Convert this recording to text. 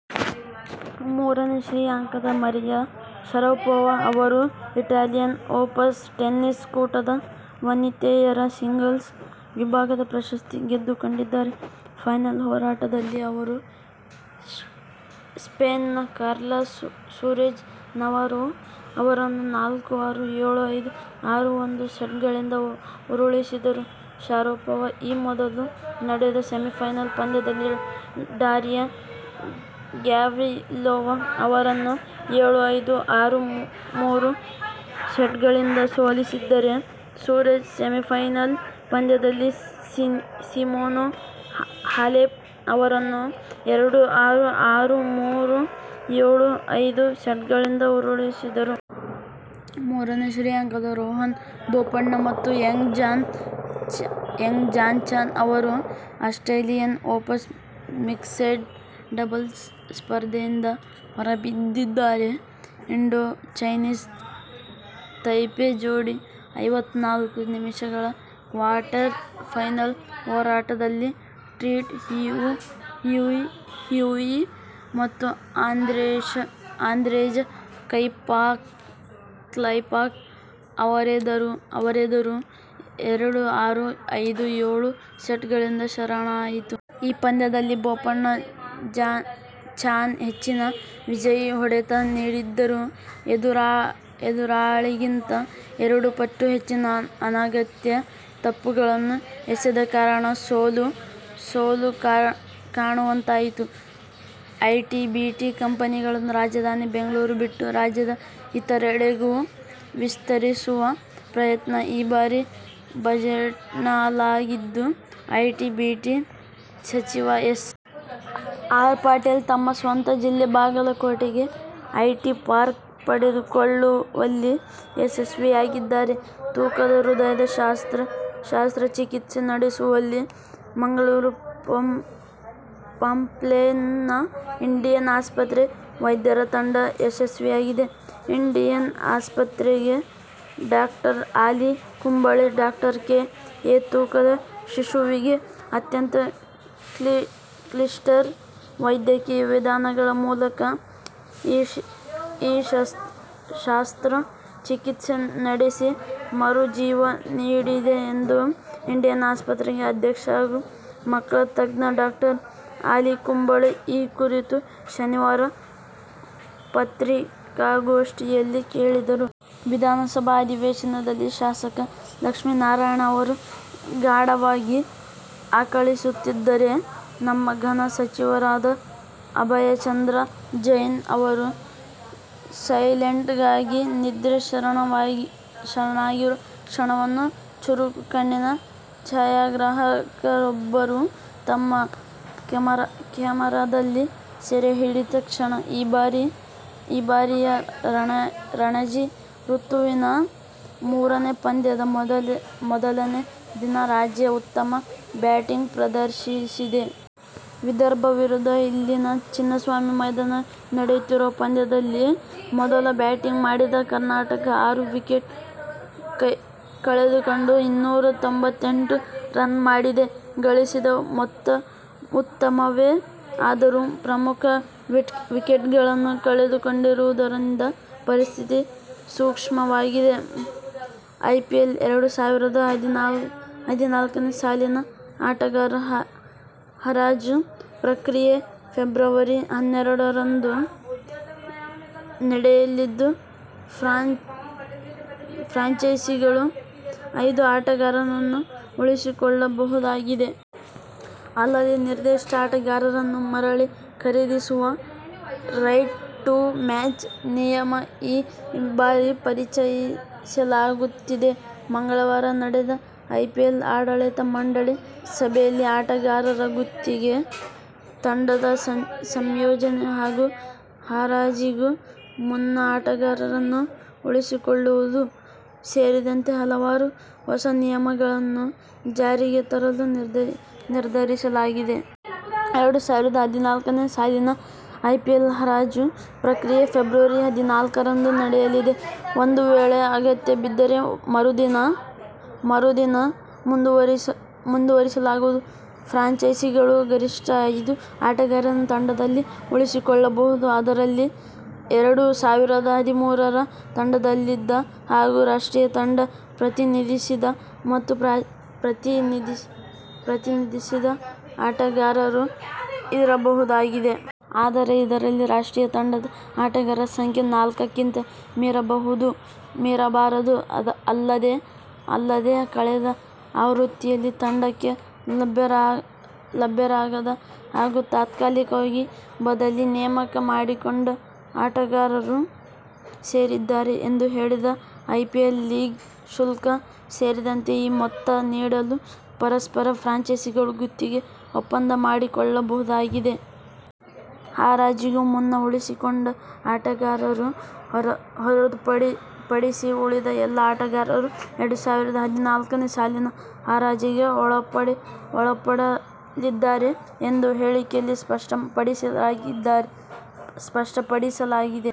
ಮೂರನೇ ಶ್ರೇಯಾಂಕದ Maria Sharapova ಅವರು ಇಟಾಲಿಯನ್ ಓಪನ್ ಟೆನ್ನಿಸ್ ಕೂಟದ ವನಿತೆಯರ ಸಿಂಗಲ್ಸ್ ವಿಭಾಗದ ಪ್ರಶಸ್ತಿ ಗೆದ್ದುಕೊಂಡಿದ್ದಾರೆ. ಫೈನಲ್ ಹೋರಾಟದಲ್ಲಿ ಅವರು ಸ್ಪೇನ್ನ ಕಾರ್ಲಾ ಸೂರೆಜ್ ನವಾರೊ ಅವರನ್ನು ನಾಲ್ಕು-ಆರು, ಏಳು-ಐದು, ಆರು-ಒಂದು ಸೆಟ್ಗಳಿಂದ ಉರುಳಿಸಿದರು. ಶರಪೋವಾ ಈ ಮೊದಲು ನಡೆದ ಸೆಮಿಫೈನಲ್ ಪಂದ್ಯದಲ್ಲಿ ಡಾರಿಯಾ ಗ್ಯಾವ್ರಿಲೋವಾ ಅವರನ್ನು ಏಳು-ಐದು, ಆರು-ಮೂರು ಸೆಟ್ಗಳಿಂದ ಸೋಲಿಸಿದ್ದರೆ ಸೂರೆಜ್ ಸೆಮಿಫೈನಲ್ ಪಂದ್ಯದಲ್ಲಿ ಸಿಮೋನಾ ಹಾಲೆಪ್ ಅವರನ್ನು ಎರಡು-ಆರು, ಆರು-ಮೂರು, ಏಳು-ಐದು ಸೆಟ್ಗಳಿಂದ ಉರುಳಿಸಿದ್ದರು. ಮೂರನೇ ಶ್ರೇಯಾಂಕದ ರೋಹನ್ ಬೋಪಣ್ಣ ಮತ್ತು ಯಂಗ್ ಜಾನ್-ಚಾನ್ ಅವರು ಆಸ್ಟ್ರೇಲಿಯನ್ ಓಪನ್ ಮಿಕ್ಸೆಡ್ ಡಬಲ್ಸ್ ಸ್ಪರ್ಧೆ ಯಿಂದ ಹೊರಬಿದ್ದಿದ್ದಾರೆ. ಇಂಡೋ-ಚೈನೀಸ್ ತೈಪೆ ಜೋಡಿ ಐವತ್ನಾಲ್ಕು ನಿಮಿಷಗಳ ಕ್ವಾರ್ಟರ್ ಫೈನಲ್ ಹೋರಾಟದಲ್ಲಿ ಟ್ರಿಟ್ ಹ್ಯುಯಿ ಮತ್ತು ಆಂದ್ರೇಜ ಕ್ಲೆಪಾಕ್ ಅವರೆದುರು ಎರಡು-ಆರು, ಐದು-ಏಳು ಸೆಟ್ಗಳಿಂದ ಶರಣಾಯಿತು. ಈ ಪಂದ್ಯದಲ್ಲಿ ಬೋಪಣ್ಣ- ಚಾನ್ ಹೆಚ್ಚಿನ ವಿಜಯಿ ಹೊಡೆತ ನೀಡಿದ್ದರೂ ಎದುರಾಳಿಗಿಂತ ಎರಡು ಪಟ್ಟು ಹೆಚ್ಚಿನ ಅನಗತ್ಯ ತಪ್ಪುಗಳನ್ನು ಎಸೆದ ಕಾರಣ ಸೋಲು ಕಾಣುವಂತಾಯಿತು. ಐಟಿ-ಬಿಟಿ ಕಂಪನಿಗಳನ್ನು ರಾಜಧಾನಿ ಬೆಂಗಳೂರು ಬಿಟ್ಟು ರಾಜ್ಯದ ಇತರೆಡೆಗೂ ವಿಸ್ತರಿಸುವ ಪ್ರಯತ್ನ ಈ ಬಾರಿಯ ಬಜೆಟ್ನಲ್ಲಾಗಿದ್ದು, ಐಟಿ- ಬಿಟಿ ಸಚಿವ ಎಸ್. ಆರ್. ಪಾಟೀಲ್ ತಮ್ಮ ಸ್ವಂತ ಜಿಲ್ಲೆ ಬಾಗಲಕೋಟೆಗೆ ಐಟಿ ಪಾರ್ಕ್ ಪಡೆದುಕೊಳ್ಳುವಲ್ಲಿ ಯಶಸ್ವಿಯಾಗಿದ್ದಾರೆ. ತೂಕದ ಹೃದಯದ ಶಸ್ತ್ರಚಿಕಿತ್ಸೆ ನಡೆಸುವಲ್ಲಿ ಮಂಗಳೂರು ಪಂಪ್ವೆಲ್ನ ಇಂಡಿಯಾನ ಆಸ್ಪತ್ರೆ ವೈದ್ಯರ ತಂಡ ಯಶಸ್ವಿಯಾಗಿದೆ. ಇಂಡಿಯಾನ ಆಸ್ಪತ್ರೆಯ doctor Ali Kumble, doctor K. A. ತೂಕದ ಶಿಶುವಿಗೆ ಅತ್ಯಂತ ಕ್ಲಿಷ್ಟಕರ ವೈದ್ಯಕೀಯ ವಿಧಾನಗಳ ಮೂಲಕ ಈ ಶಸ್ತ್ರಚಿಕಿತ್ಸೆ ನಡೆಸಿ ಮರುಜೀವ ನೀಡಿದೆ ಎಂದು ಇಂಡಿಯಾನ ಆಸ್ಪತ್ರೆ ಅಧ್ಯಕ್ಷ ಹಾಗೂ ಮಕ್ಕಳ ತಜ್ಞ ಡಾಕ್ಟರ್ ಆಲಿ ಕುಂಬಳೆ ಈ ಕುರಿತು ಶನಿವಾರ ಪತ್ರಿಕಾಗೋಷ್ಠಿಯಲ್ಲಿ ಹೇಳಿದರು. ವಿಧಾನಸಭಾ ಅಧಿವೇಶನದಲ್ಲಿ ಶಾಸಕ ಲಕ್ಷ್ಮೀನಾರಾಯಣ ಅವರು ಗಾಢವಾಗಿ ಆಕಳಿಸುತ್ತಿದ್ದರೆ, ನಮ್ಮ ಘನ ಸಚಿವರಾದ ಅಭಯಚಂದ್ರ ಜೈನ್ ಅವರು ಸೈಲೆಂಟಾಗಿ ನಿದ್ರೆಗೆ ಶರಣಾಗಿರುವ ಕ್ಷಣವನ್ನು ಚುರುಕು ಕಣ್ಣಿನ ಛಾಯಾಗ್ರಾಹಕರೊಬ್ಬರು ತಮ್ಮ ಕೆಮರಾದಲ್ಲಿ ಸೆರೆಹಿಡಿದ ಕ್ಷಣ. ಈ ಬಾರಿಯ ರಣಜಿ ಋತುವಿನ ಮೂರನೇ ಪಂದ್ಯದ ಮೊದಲನೇ ದಿನ ರಾಜ್ಯ ಉತ್ತಮ ಬ್ಯಾಟಿಂಗ್ ಪ್ರದರ್ಶಿಸಿದೆ. ವಿದರ್ಭ ವಿರುದ್ಧ ಇಲ್ಲಿನ ಚಿನ್ನಸ್ವಾಮಿ ಮೈದಾನದಲ್ಲಿ ನಡೆಯುತ್ತಿರುವ ಪಂದ್ಯದಲ್ಲಿ ಮೊದಲು ಬ್ಯಾಟಿಂಗ್ ಮಾಡಿದ ಕರ್ನಾಟಕ ಆರು ವಿಕೆಟ್ ಕಳೆದುಕೊಂಡು ಇನ್ನೂರ ತೊಂಬತ್ತೆಂಟು ರನ್ ಮಾಡಿದೆ. ಗಳಿಸಿದ ಮೊತ್ತ ಉತ್ತಮವೇ ಆದರೂ ಪ್ರಮುಖ ವಿಕೆಟ್ಗಳನ್ನು ಕಳೆದುಕೊಂಡಿರುವುದರಿಂದ ಪರಿಸ್ಥಿತಿ ಸೂಕ್ಷ್ಮವಾಗಿದೆ. ಐಪಿಎಲ್ ಎರಡು ಸಾವಿರದ ಹದಿನಾಲ್ಕನೇ ಸಾಲಿನ ಆಟಗಾರರ ಹರಾಜು ಪ್ರಕ್ರಿಯೆ ಫೆಬ್ರವರಿ ಹನ್ನೆರಡರಂದು ನಡೆಯಲಿದ್ದು, ಫ್ರಾಂಚೈಸಿಗಳು ಐದು ಆಟಗಾರರನ್ನು ಉಳಿಸಿಕೊಳ್ಳಬಹುದಾಗಿದೆ. ಅಲ್ಲದೇ ನಿರ್ದಿಷ್ಟ ಆಟಗಾರರನ್ನು ಮರಳಿ ಖರೀದಿಸುವ 'ರೈಟ್ ಟು ಮ್ಯಾಚ್' ನಿಯಮ ಈ ಬಾರಿ ಪರಿಚಯಿಸಲಾಗುತ್ತಿದೆ. ಮಂಗಳವಾರ ನಡೆದ ಐಪಿಎಲ್ ಆಡಳಿತ ಮಂಡಳಿ ಸಭೆಯಲ್ಲಿ ಆಟಗಾರರ ಗುತ್ತಿಗೆ, ತಂಡದ ಸಂಯೋಜನೆ ಹಾಗೂ ಹರಾಜಿಗೂ ಮುನ್ನ ಆಟಗಾರರನ್ನು ಉಳಿಸಿಕೊಳ್ಳುವುದು ಸೇರಿದಂತೆ ಹಲವಾರು ಹೊಸ ನಿಯಮಗಳನ್ನು ಜಾರಿಗೆ ತರಲು ನಿರ್ಧರಿಸಲಾಗಿದೆ. ಎರಡು ಸಾವಿರದ ಹದಿನಾಲ್ಕನೇ ಸಾಲಿನ ಐಪಿಎಲ್ ಹರಾಜು ಪ್ರಕ್ರಿಯೆ ಫೆಬ್ರವರಿ ಹದಿನಾಲ್ಕರಂದು ನಡೆಯಲಿದೆ. ಒಂದು ವೇಳೆ ಅಗತ್ಯ ಬಿದ್ದರೆ ಮರುದಿನ ಮುಂದುವರಿಸಲಾಗುವುದು. ಫ್ರಾಂಚೈಸಿಗಳು ಗರಿಷ್ಠ ಐದು ಆಟಗಾರರನ್ನು ತಂಡದಲ್ಲಿ ಉಳಿಸಿಕೊಳ್ಳಬಹುದಾಗಿದೆ. ಅದರಲ್ಲಿ ಎರಡು ಸಾವಿರದ ಹದಿಮೂರರ ತಂಡದಲ್ಲಿದ್ದ ಹಾಗೂ ರಾಷ್ಟ್ರೀಯ ತಂಡ ಪ್ರತಿನಿಧಿಸಿದ ಮತ್ತು ಪ್ರತಿನಿಧಿಸದ ಆಟಗಾರರು ಇರಬಹುದಾಗಿದೆ. ಆದರೆ ಇದರಲ್ಲಿ ರಾಷ್ಟ್ರೀಯ ತಂಡದ ಆಟಗಾರರ ಸಂಖ್ಯೆ ನಾಲ್ಕಕ್ಕಿಂತ ಮೀರಬಾರದು. ಅಲ್ಲದೇ ಕಳೆದ ಆವೃತ್ತಿಯಲ್ಲಿ ತಂಡಕ್ಕೆ ಲಭ್ಯರಾಗದ ಹಾಗೂ ತಾತ್ಕಾಲಿಕವಾಗಿ ಬದಲಿ ನೇಮಕ ಮಾಡಿಕೊಂಡ ಆಟಗಾರರು ಸೇರಿದ್ದಾರೆ ಎಂದು ಹೇಳಿದೆ. ಐಪಿಎಲ್ ಲೀಗ್ ಶುಲ್ಕ ಸೇರಿದಂತೆ ಈ ಮೊತ್ತ ನೀಡಲು ಪರಸ್ಪರ ಫ್ರಾಂಚೈಸಿಗಳು ಗುತ್ತಿಗೆ ಒಪ್ಪಂದ ಮಾಡಿಕೊಳ್ಳಬಹುದಾಗಿದೆ. ಹರಾಜಿಗೂ ಮುನ್ನ ಉಳಿಸಿಕೊಂಡ ಆಟಗಾರರು ಹೊರತುಪಡಿಸಿ ಉಳಿದ ಎಲ್ಲ ಆಟಗಾರರು ಎರಡು ಸಾವಿರದ ಹದಿನಾಲ್ಕನೇ ಸಾಲಿನ ಹರಾಜಿಗೆ ಒಳಪಡಲಿದ್ದಾರೆ ಎಂದು ಹೇಳಿಕೆಯಲ್ಲಿ ಸ್ಪಷ್ಟಪಡಿಸಲಾಗಿದೆ.